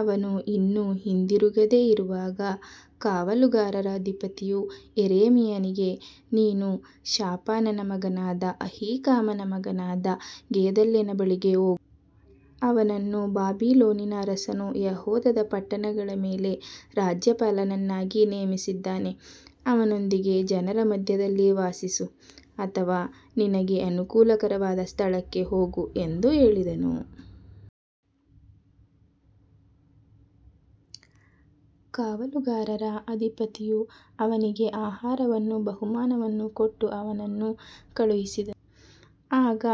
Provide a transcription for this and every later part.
ಅವನು ಇನ್ನೂ ಹಿಂದಿರುಗದೆ ಇರುವಾಗ, ಕಾವಲುಗಾರರ ಅಧಿಪತಿಯು ಯೆರೆಮೀಯನಿಗೆ, ನೀನು ಶಾಫಾನನ ಮಗನಾದ ಅಹೀಕಾಮನ ಮಗನಾದ ಗೆದಲ್ಯನ ಬಳಿಗೆ ಹೋಗು, ಅವನನ್ನು ಬಾಬಿಲೋನಿನ ಅರಸನು ಯೆಹೂದದ ಪಟ್ಟಣಗಳ ಮೇಲೆ ರಾಜ್ಯಪಾಲನನ್ನಾಗಿ ನೇಮಿಸಿದ್ದಾನೆ, ಅವನೊಂದಿಗೆ ಜನರ ಮಧ್ಯದಲ್ಲಿ ವಾಸಿಸು, ಅಥವಾ ನಿನಗೆ ಅನುಕೂಲಕರವಾದ ಸ್ಥಳಕ್ಕೆ ಹೋಗು ಎಂದು ಹೇಳಿದನು. ಕಾವಲುಗಾರರ ಅಧಿಪತಿಯು ಅವನಿಗೆ ಆಹಾರವನ್ನೂ ಬಹುಮಾನವನ್ನೂ ಕೊಟ್ಟು ಅವನನ್ನು ಕಳುಹಿಸಿದನು. ಆಗ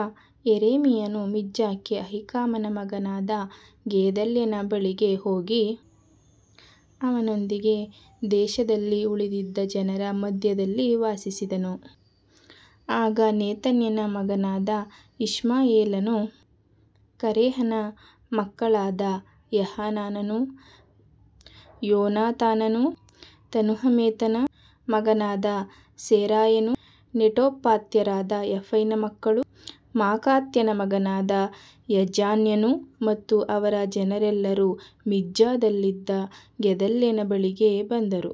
ಯೆರೆಮೀಯನು ಮಿಜ್ಪಾಕ್ಕೆ ಅಹೀಕಾಮನ ಮಗನಾದ ಗೆದಲ್ಯನ ಬಳಿಗೆ ಹೋಗಿ, ಅವನೊಂದಿಗೆ ದೇಶದಲ್ಲಿ ಉಳಿದಿದ್ದ ಜನರ ಮಧ್ಯದಲ್ಲಿ ವಾಸಿಸಿದನು. ಆಗ ನೆತನ್ಯನ ಮಗನಾದ ಇಷ್ಮಾಯೇಲನು, ಕರೇಹನ ಮಕ್ಕಳಾದ ಯೋಹಾನಾನನೂ ಯೋನಾತಾನನೂ, ತನ್ಹುಮೆತನ ಮಗನಾದ ಸೆರಾಯನು, ನೆಟೋಫಾತ್ಯನಾದ ಎಫೈನ ಮಕ್ಕಳು, ಮಾಕಾತ್ಯನ ಮಗನಾದ ಯೆಜಾನ್ಯನು ಮತ್ತು ಅವರ ಜನರೆಲ್ಲರೂ ಮಿಜ್ಪಾದಲ್ಲಿದ್ದ ಗೆದಲ್ಯನ ಬಳಿಗೆ ಬಂದರು.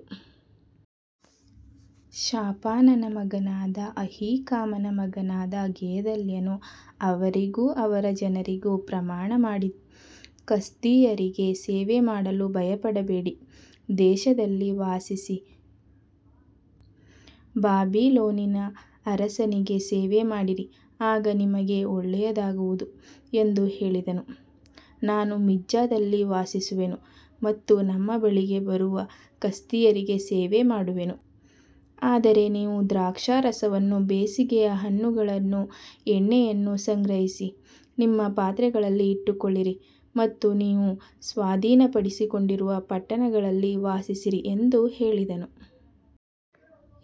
ಶಾಫಾನನ ಮಗನಾದ ಅಹೀಕಾಮನ ಮಗನಾದ ಗೆದಲ್ಯನು ಅವರಿಗೂ ಅವರ ಜನರಿಗೂ ಪ್ರಮಾಣಮಾಡಿ, ಕಸ್ದೀಯರಿಗೆ ಸೇವೆಮಾಡಲು ಭಯಪಡಬೇಡಿ, ದೇಶದಲ್ಲಿ ವಾಸಿಸಿ ಬಾಬಿಲೋನಿನ ಅರಸನಿಗೆ ಸೇವೆಮಾಡಿರಿ, ಆಗ ನಿಮಗೆ ಒಳ್ಳೆಯದಾಗುವುದು ಎಂದು ಹೇಳಿದನು. ನಾನು ಮಿಜ್ಪಾದಲ್ಲಿ ವಾಸಿಸುವೆನು ಮತ್ತು ನಮ್ಮ ಬಳಿಗೆ ಬರುವ ಕಸ್ದೀಯರಿಗೆ ಸೇವೆಮಾಡುವೆನು, ಆದರೆ ನೀವು ದ್ರಾಕ್ಷಾರಸವನ್ನೂ ಬೇಸಿಗೆಯ ಹಣ್ಣುಗಳನ್ನೂ ಎಣ್ಣೆಯನ್ನೂ ಸಂಗ್ರಹಿಸಿ ನಿಮ್ಮ ಪಾತ್ರೆಗಳಲ್ಲಿ ಇಟ್ಟುಕೊಳ್ಳಿರಿ ಮತ್ತು ನೀವು ಸ್ವಾಧೀನಪಡಿಸಿಕೊಂಡಿರುವ ಪಟ್ಟಣಗಳಲ್ಲಿ ವಾಸಿಸಿರಿ ಎಂದು ಹೇಳಿದನು.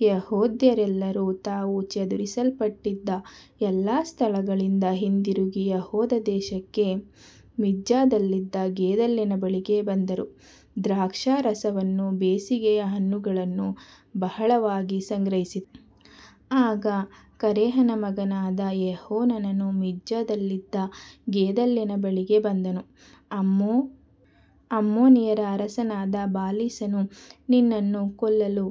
ಯೆಹೂದ್ಯರೆಲ್ಲರೂ ತಾವು ಚದುರಿಸಲ್ಪಟ್ಟಿದ್ದ ಎಲ್ಲಾ ಸ್ಥಳಗಳಿಂದ ಹಿಂದಿರುಗಿ ಯೆಹೂದ ದೇಶಕ್ಕೆ, ಮಿಜ್ಪಾದಲ್ಲಿದ್ದ ಗೆದಲ್ಯನ ಬಳಿಗೆ ಬಂದು, ದ್ರಾಕ್ಷಾರಸವನ್ನೂ ಬೇಸಿಗೆಯ ಹಣ್ಣುಗಳನ್ನೂ ಬಹಳವಾಗಿ ಸಂಗ್ರಹಿಸಿದರು. ಆಗ ಕರೇಹನ ಮಗನಾದ ಯೋಹಾನಾನನು ಮಿಜ್ಪಾದಲ್ಲಿ ಗೆದಲ್ಯನ ಬಳಿಗೆ ಬಂದು, ಅಮ್ಮೋನಿಯರ ಅರಸನಾದ ಬಾಲೀಸನು ನಿನ್ನನ್ನು ಕೊಲ್ಲಲು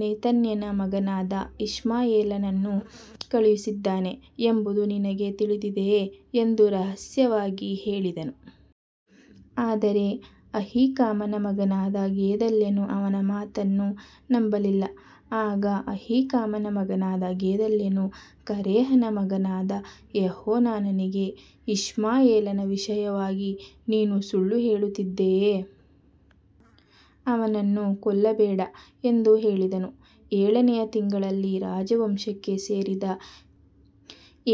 ನೆತನ್ಯನ ಮಗನಾದ ಇಷ್ಮಾಯೇಲನನ್ನು ಕಳುಹಿಸಿದ್ದಾನೆ ಎಂಬುದು ನಿನಗೆ ತಿಳಿದಿದೆಯೇ ಎಂದು ರಹಸ್ಯವಾಗಿ ಹೇಳಿದನು. ಆದರೆ ಅಹೀಕಾಮನ ಮಗನಾದ ಗೆದಲ್ಯನು ಅವನ ಮಾತನ್ನು ನಂಬಲಿಲ್ಲ. ಆಗ ಅಹೀಕಾಮನ ಮಗನಾದ ಗೆದಲ್ಯನು ಕರೇಹನ ಮಗನಾದ ಯೋಹಾನಾನನಿಗೆ, ಇಷ್ಮಾಯೇಲನ ವಿಷಯವಾಗಿ ನೀನು ಸುಳ್ಳು ಹೇಳುತ್ತಿದ್ದೀಯೆ, ಅವನನ್ನು ಕೊಲ್ಲಬೇಡ ಎಂದು ಹೇಳಿದನು. ಏಳನೆಯ ತಿಂಗಳಲ್ಲಿ ರಾಜವಂಶಕ್ಕೆ ಸೇರಿದ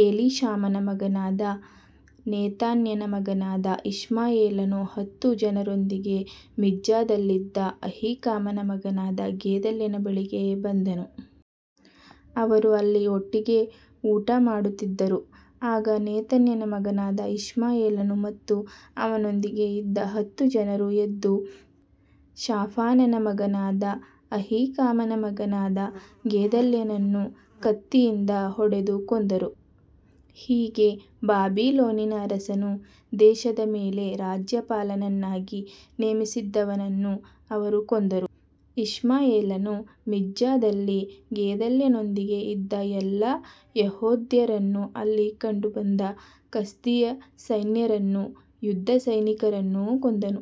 ಎಲೀಷಾಮನ ಮಗನಾದ ನೆತನ್ಯನ ಮಗನಾದ ಇಷ್ಮಾಯೇಲನು ಹತ್ತು ಜನರೊಂದಿಗೆ ಮಿಜ್ಪಾದಲ್ಲಿದ್ದ ಅಹೀಕಾಮನ ಮಗನಾದ ಗೆದಲ್ಯನ ಬಳಿಗೆ ಬಂದನು. ಅವರು ಅಲ್ಲಿ ಒಟ್ಟಿಗೆ ಊಟಮಾಡುತ್ತಿದ್ದರು. ಆಗ ನೆತನ್ಯನ ಮಗನಾದ ಇಷ್ಮಾಯೇಲನು ಮತ್ತು ಅವನೊಂದಿಗೆ ಇದ್ದ ಹತ್ತು ಜನರು ಎದ್ದು, ಶಾಫಾನನ ಮಗನಾದ ಅಹೀಕಾಮನ ಮಗನಾದ ಗೆದಲ್ಯನನ್ನು ಕತ್ತಿಯಿಂದ ಹೊಡೆದು ಕೊಂದರು. ಹೀಗೆ ಬಾಬಿಲೋನಿನ ಅರಸನು ದೇಶದ ಮೇಲೆ ರಾಜ್ಯಪಾಲನನ್ನಾಗಿ ನೇಮಿಸಿದ್ದವನನ್ನು ಅವರು ಕೊಂದರು. ಇಷ್ಮಾಯೇಲನು ಮಿಜ್ಪಾದಲ್ಲಿ ಗೆದಲ್ಯನೊಂದಿಗೆ ಇದ್ದ ಎಲ್ಲಾ ಯೆಹೂದ್ಯರನ್ನೂ, ಅಲ್ಲಿ ಕಂಡುಬಂದ ಕಸ್ದೀಯ ಸೈನಿಕರನ್ನೂ ಯುದ್ಧಸೈನಿಕರನ್ನೂ ಕೊಂದನು.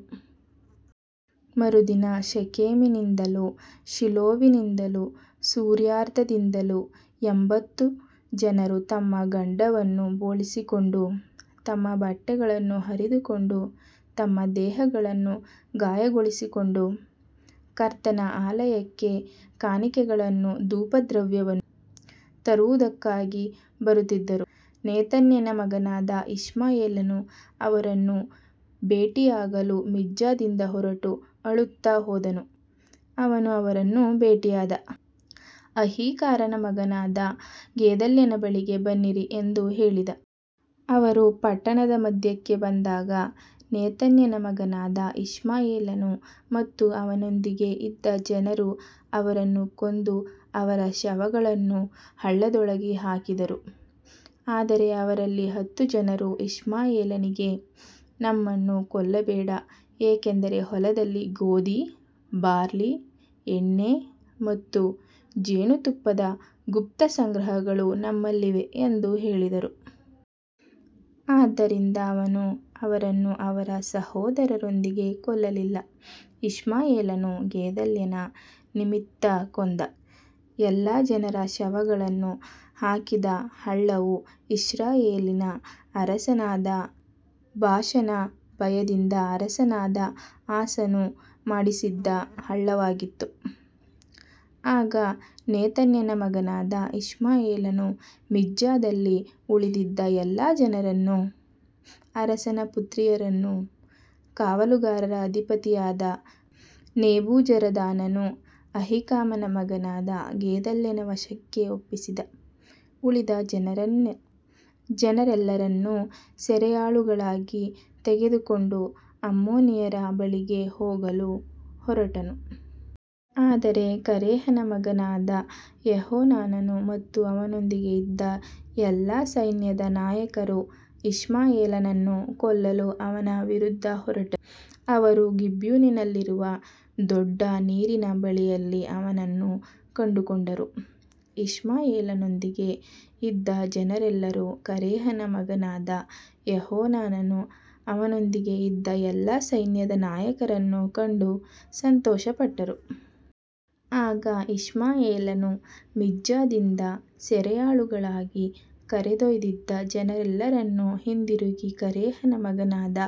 ಮರುದಿನ ಶೆಕೆಮಿನಿಂದಲೂ, ಶೀಲೋವಿನಿಂದಲೂ, ಸಮಾರ್ಯದಿಂದಲೂ ಎಂಭತ್ತು ಜನರು ತಮ್ಮ ಗಡ್ಡವನ್ನು ಬೋಳಿಸಿಕೊಂಡು, ತಮ್ಮ ಬಟ್ಟೆಗಳನ್ನು ಹರಿದುಕೊಂಡು, ತಮ್ಮ ದೇಹಗಳನ್ನು ಗಾಯಗೊಳಿಸಿಕೊಂಡು, ಕರ್ತನ ಆಲಯಕ್ಕೆ ಕಾಣಿಕೆಗಳನ್ನೂ ಧೂಪದ್ರವ್ಯವನ್ನೂ ತರುವುದಕ್ಕಾಗಿ ಬರುತ್ತಿದ್ದರು. ನೆತನ್ಯನ ಮಗನಾದ ಇಷ್ಮಾಯೇಲನು ಅವರನ್ನು ಭೇಟಿಯಾಗಲು ಮಿಜ್ಪಾದಿಂದ ಹೊರಟು ಅಳುತ್ತಾ ಹೋದನು. ಅವನು ಅವರನ್ನು ಭೇಟಿಯಾದಾಗ, ಅಹೀಕಾಮನ ಮಗನಾದ ಗೆದಲ್ಯನ ಬಳಿಗೆ ಬನ್ನಿರಿ ಎಂದು ಹೇಳಿದನು. ಅವರು ಪಟ್ಟಣದ ಮಧ್ಯಕ್ಕೆ ಬಂದಾಗ, ನೆತನ್ಯನ ಮಗನಾದ ಇಷ್ಮಾಯೇಲನು ಮತ್ತು ಅವನೊಂದಿಗೆ ಇದ್ದ ಜನರು ಅವರನ್ನು ಕೊಂದು, ಅವರ ಶವಗಳನ್ನು ಹಳ್ಳದೊಳಗೆ ಹಾಕಿದರು. ಆದರೆ ಅವರಲ್ಲಿ ಹತ್ತು ಜನರು ಇಷ್ಮಾಯೇಲನಿಗೆ, ನಮ್ಮನ್ನು ಕೊಲ್ಲಬೇಡ, ಏಕೆಂದರೆ ಹೊಲದಲ್ಲಿ ಗೋಧಿ, ಬಾರ್ಲಿ, ಎಣ್ಣೆ ಮತ್ತು ಜೇನುತುಪ್ಪದ ಗುಪ್ತ ಸಂಗ್ರಹಗಳು ನಮ್ಮಲ್ಲಿವೆ ಎಂದು ಹೇಳಿದರು. ಆದ್ದರಿಂದ ಅವನು ಅವರನ್ನು ಅವರ ಸಹೋದರರೊಂದಿಗೆ ಕೊಲ್ಲಲಿಲ್ಲ. ಇಷ್ಮಾಯೇಲನು ಗೆದಲ್ಯನ ನಿಮಿತ್ತ ಕೊಂದ ಎಲ್ಲಾ ಜನರ ಶವಗಳನ್ನು ಹಾಕಿದ್ದ ಹಳ್ಳವು ಇಸ್ರಾಯೇಲಿನ ಅರಸನಾದ ಬಾಷನ ಭಯದಿಂದ ಅರಸನಾದ ಆಸನು ಮಾಡಿಸಿದ್ದ ಹಳ್ಳವಾಗಿತ್ತು. ಆಗ ನೆತನ್ಯನ ಮಗನಾದ ಇಷ್ಮಾಯೇಲನು ಮಿಜ್ಪಾದಲ್ಲಿ ಉಳಿದಿದ್ದ ಎಲ್ಲಾ ಜನರನ್ನೂ, ಅರಸನ ಪುತ್ರಿಯರನ್ನೂ, ಕಾವಲುಗಾರರ ಅಧಿಪತಿಯಾದ ನೆಬೂಜರದಾನನು ಅಹೀಕಾಮನ ಮಗನಾದ ಗೆದಲ್ಯನ ವಶಕ್ಕೆ ಒಪ್ಪಿಸಿದ್ದ ಉಳಿದ ಜನರೆಲ್ಲರನ್ನೂ ಸೆರೆಯಾಳುಗಳಾಗಿ ತೆಗೆದುಕೊಂಡು, ಅಮ್ಮೋನಿಯರ ಬಳಿಗೆ ಹೋಗಲು ಹೊರಟನು. ಆದರೆ ಕರೇಹನ ಮಗನಾದ ಯೋಹಾನಾನನು ಮತ್ತು ಅವನೊಂದಿಗೆ ಇದ್ದ ಎಲ್ಲಾ ಸೈನ್ಯದ ನಾಯಕರು ಇಷ್ಮಾಯೇಲನನ್ನು ಕೊಲ್ಲಲು ಅವನ ವಿರುದ್ಧ ಹೊರಟರು. ಅವರು ಗಿಬ್ಯೋನಿನಲ್ಲಿರುವ ದೊಡ್ಡ ನೀರಿನ ಬಳಿಯಲ್ಲಿ ಅವನನ್ನು ಕಂಡುಕೊಂಡರು. ಇಷ್ಮಾಯೇಲನೊಂದಿಗೆ ಇದ್ದ ಜನರೆಲ್ಲರೂ ಕರೇಹನ ಮಗನಾದ ಯೋಹಾನಾನನನ್ನೂ ಅವನೊಂದಿಗೆ ಇದ್ದ ಎಲ್ಲಾ ಸೈನ್ಯದ ನಾಯಕರನ್ನೂ ಕಂಡಾಗ ಸಂತೋಷಪಟ್ಟರು. ಆಗ ಇಷ್ಮಾಯೇಲನು ಮಿಜ್ಪಾದಿಂದ ಸೆರೆಯಾಳುಗಳಾಗಿ ಕರೆದೊಯ್ದಿದ್ದ ಜನರೆಲ್ಲರೂ ಹಿಂದಿರುಗಿ ಕರೇಹನ ಮಗನಾದ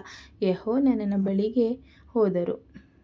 ಯೋಹಾನಾನನ ಬಳಿಗೆ ಹೋದರು.